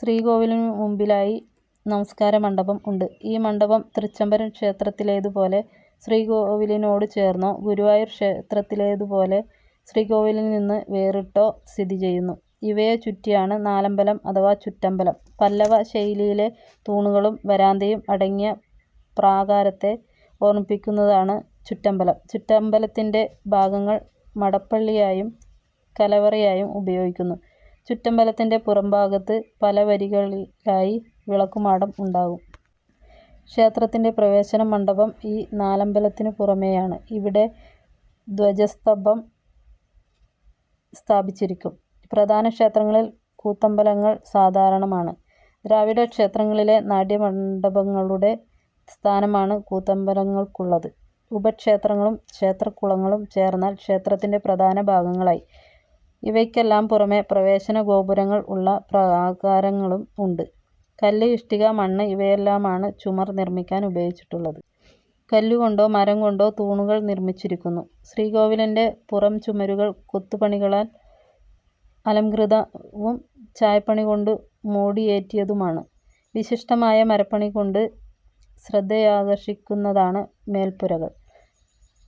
ശ്രീകോവിലിനു മുമ്പിലായി നമസ്കാരമണ്ഡപം ഉണ്ട്. ഈ മണ്ഡപം തൃച്ചംബരം ക്ഷേത്രത്തിലേതുപോലെ ശ്രീകോവിലിനോട്ചേർന്നോ, ഗുരുവായൂർ ക്ഷേത്രത്തിലേതുപോലെ ശ്രീകോവിലിൽനിന്ന് വേറിട്ടോ സ്ഥിതിചെയ്യുന്നു. ഇവയെ ചുറ്റിയാണ് നാലമ്പലം അഥവാ ചുറ്റമ്പലം. പല്ലവ ശൈലിയിലെ തൂണുകളും വരാന്തയും അടങ്ങിയ പ്രാകാരത്തെ ഓർമിപ്പിക്കുന്നതാണ് ചുറ്റമ്പലം. ചുറ്റംബലത്തിന്റെ ഭാഗങ്ങൾ മടപ്പള്ളിയായും കലവറയായും ഉപയോഗിക്കുന്നു ചുറ്റമ്പലത്തിന്റെ പുറംഭാഗത്ത് പലവരികളിലായി വിളക്കുമാടം ഉണ്ടാകും. ക്ഷേത്രത്തിന്റെ പ്രവേശനമണ്ഡപം ഈ നാലമ്പലത്തിനു പുറമേയാണ്. ഇവിടെ ദ്വജസ്തഭം സ്ഥാപിച്ചിരിക്കും. പ്രധാന ക്ഷേത്രങ്ങളിൽ കൂത്തമ്പലങ്ങൾ സാധാരണമാണ്. ദ്രാവിഡക്ഷേത്രങ്ങളിലെ നാട്യ മണ്ഡപങ്ങളുടെ സ്ഥാനമാണ് കൂത്തമ്പലങ്ങൾക്കുള്ളത്. ഉപക്ഷേത്രങ്ങളും ക്ഷേത്രകുളങ്ങളും ചേർന്നാൽ ക്ഷേത്രത്തിന്റെ പ്രധാന ഭാഗങ്ങളായി. ഇവയ്ക്കെല്ലാം പുറമെ പ്രവേശന ഗോപുരങ്ങൾ ഉള്ള പ്രാകാരങ്ങളും ഉണ്ട്. കല്ല്, ഇഷ്ടിക, മണ്ണ് ഇവയെല്ലാമാണ് ചുമർ നിർമ്മിക്കാൻ ഉപയോഗിച്ചിട്ടുള്ളത്. കല്ലുകൊണ്ടോ മരം കൊണ്ടോ തൂണുകൾ നിർമിച്ചിരിക്കുന്നു. ശ്രീകോവിലിന്റെ പുറംചുമരുകൾ കൊത്തുപണികളാൽ അലംകൃതവും ചായപ്പണികൊണ്ടു മോടിയേറ്റിയതുമാണ്. വിശിഷ്ടമായ മരപ്പണികൊണ്ട് ശ്രദ്ധയാകർഷിക്കുന്നതാണ് മേൽപ്പുരകൾ.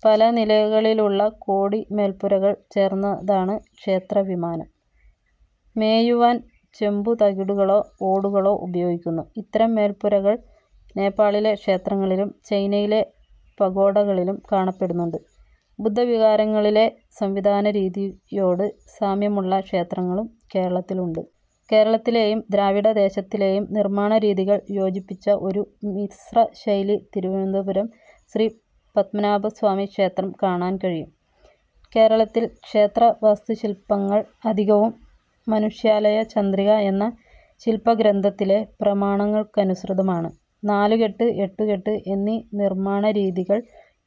പലനിലകളിലുള്ള കോടി-മേൽപ്പുരകൾ ചേർന്നതാണ് ക്ഷേത്രവിമാനം. മേയുവാൻ ചെമ്പുതകിടുകളോ ഓടുകളോ ഉപയോഗിക്കുന്നു. ഇത്തരം മേൽപ്പുരകൾ നേപാളിലെ ക്ഷേത്രങ്ങളിലും ചൈനയിലെ പഗോഡകളിലും കാണപ്പെടുന്നുണ്ട്. ബുദ്ധവിഹാരങ്ങളിലെ സംവിധാനരീതിയോട് സാമ്യമുള്ള ക്ഷേത്രങ്ങളും കേരളത്തിലുണ്ട്. കേരളത്തിലേയും ദ്രാവിഡദേശത്തിലെയും നിർമ്മാണരീതികൾ യോജിപ്പിച്ച ഒരു മിശ്രശൈലി തിരുവനന്തപുരം ശ്രീ പത്മനാഭസ്വാമി ക്ഷേത്രം കാണാൻ കഴിയും. കേരളത്തിൽ ക്ഷേത്രവാസ്തുശില്പങ്ങൾ അധികവും മനുഷ്യാലയചന്ദ്രിക എന്ന ശില്പഗ്രന്ഥത്തിലെ പ്രമാണങ്ങൾക്കനുസൃതമാണ്. നാലുകെട്ട്, എട്ടുകെട്ട് എന്നീ നിർമ്മാണരീതികൾ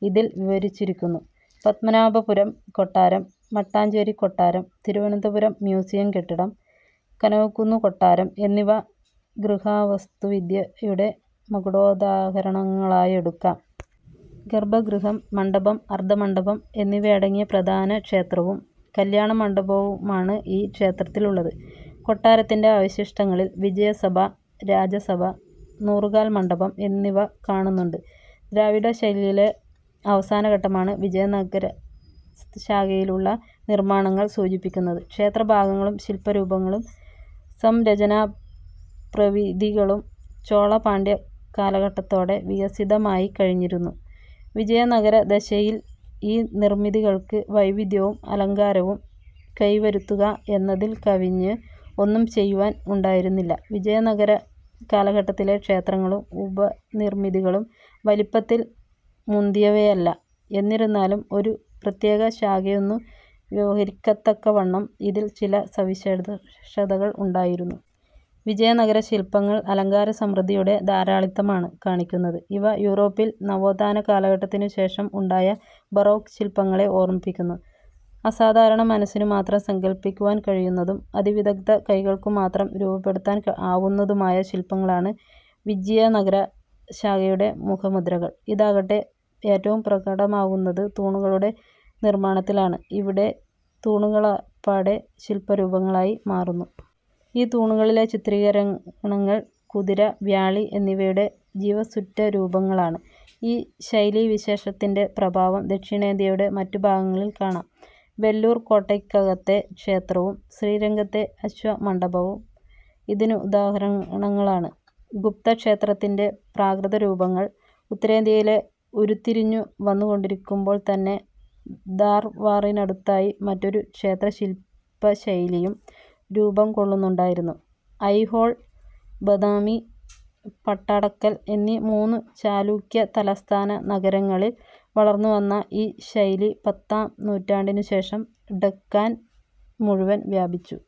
ഇതിൽ വിവരിച്ചിരിക്കുന്നു. പത്മനാഭപുരം കൊട്ടാരം, മട്ടാഞ്ചേരികൊട്ടാരം, തിരുവനന്തപുരം മ്യൂസിയം കെട്ടിടം, കനകക്കുന്നു കൊട്ടാരം എന്നിവ ഗൃഹാവസ്തുവിദ്യയുടെ മകുടോദാഹരണങ്ങളായെടുക്കാം. ഗർഭഗൃഹം, മണ്ഡപം, അർദ്ധമണ്ഡപം എന്നിവയടങ്ങിയ പ്രധാന ക്ഷേത്രവും കല്യാണമണ്ഡപവുമാണ് ഈ ക്ഷേത്രത്തിലുള്ളത്. കൊട്ടരത്തിന്റെ അവശിഷ്ടങ്ങളിൽ വിജയസഭ, രാജസഭ, നൂറുകാൽമണ്ഡപം എന്നിവ കാണുന്നുണ്ട്. ദ്രാവിഡശൈലിയിലെ അവസാനഘട്ടമാണ് വിജയനഗര ശാഖയിലുള്ള നിർമ്മാണങ്ങൾ സൂചിപ്പിക്കുന്നത്. ക്ഷേത്രഭാഗങ്ങളും ശില്പരൂപങ്ങളും സംരചനാപ്രവിധികളും ചോള-പാണ്ഡ്യ കാലഘട്ടത്തോടെ വികസിതമായി കഴിഞ്ഞിരുന്നു. വിജയനഗരദശയിൽ ഈ നിർമിതികൾക്ക് വൈവിധ്യവും അലങ്കാരവും കൈവരുത്തുക എന്നതിൽ കവിഞ്ഞ് ഒന്നും ചെയ്യുവാൻ ഉണ്ടായിരുന്നില്ല വിജയനഗര കാലഘട്ടത്തിലെ ക്ഷേത്രങ്ങളും ഉപനിർമിതികളും വലിപ്പത്തിൽ മുന്തിയവയല്ല; എന്നിരുന്നാലും, ഒരു പ്രത്യേകശാഖയെന്നു വ്യവഹരിക്കത്തക്കവണ്ണം ഇതിൽ ചില സവിശേഷതകൾ ഉണ്ടായിരുന്നു. വിജയനഗരശില്പങ്ങൾ അലങ്കാര സമൃദ്ധിയുടെ ധാരാളിത്തമാണ് കാണിക്കുന്നത്. ഇവ യൂറോപ്പിൽ നവോത്ഥാന കാലഘട്ടത്തിനു ശേഷം ഉണ്ടായ ബറോക്ക് ശില്പങ്ങളെ ഓർമിപ്പിക്കുന്നു. അസാധരണ മനസ്സിനുമാത്രം സങ്കല്പിക്കുവാൻ കഴിയുന്നതും അതിവിദഗ്ദ്ധ കൈകൾക്കുമാത്രം രൂപപ്പെടുത്താൻ ആവുന്നതുമായ ശില്പങ്ങളാണ് വിജ്യയനഗര ശാഖയുടെ മുഖമുദ്രകൾ. ഇതാകട്ടെ ഏറ്റവും പ്രകടമാകുന്നത് തൂണുകളുടെ നിർമ്മാണത്തിലാണ്. ഇവിടെ തൂണുകളപ്പാടെ ശില്പരൂപങ്ങളായി മാറുന്നു. ഈ തൂണുകളിലെ ചിത്രീകരണങ്ങൾ കുതിര, വ്യാളി എന്നിവയുടെ ജീവസ്സുറ്റ രൂപങ്ങളാണ്. ഈ ശൈലീവിശേഷത്തിന്റെ പ്രഭാവം ദക്ഷിണേന്ത്യയുടെ മറ്റുഭാഗങ്ങളിലും കാണാം. വെല്ലൂർ കോട്ടയ്ക്കകത്തെ ക്ഷേത്രവും ശ്രീരംഗത്തെ അശ്വമണ്ഡപവും ഇതിനുദാഹരണങ്ങളാണ്. ഗുപ്തക്ഷേത്രത്തിന്റെ പ്രാകൃതരൂപങ്ങൾ ഉത്തരേന്ത്യയിൽ ഉരുത്തിരിഞ്ഞു വന്നുകൊണ്ടിരിക്കുമ്പോൾ തന്നെ ധാർവാറിനടുത്തായി മറ്റൊരു ക്ഷേത്രശില്പശൈലിയും രൂപംകൊള്ളുന്നുണ്ടായിരുന്നു. അയ്ഹോൾ, ബദാമി, പട്ടാടക്കൽ എന്നീ മൂന്നു ചാലൂക്യ തലസ്ഥാന നഗരങ്ങളിൽ വളർന്നുവന്ന ഈ ശൈലി പത്താം നൂറ്റാണ്ടിനുശേഷം ഡക്കാൻ മുഴുവൻ വ്യാപിച്ചു.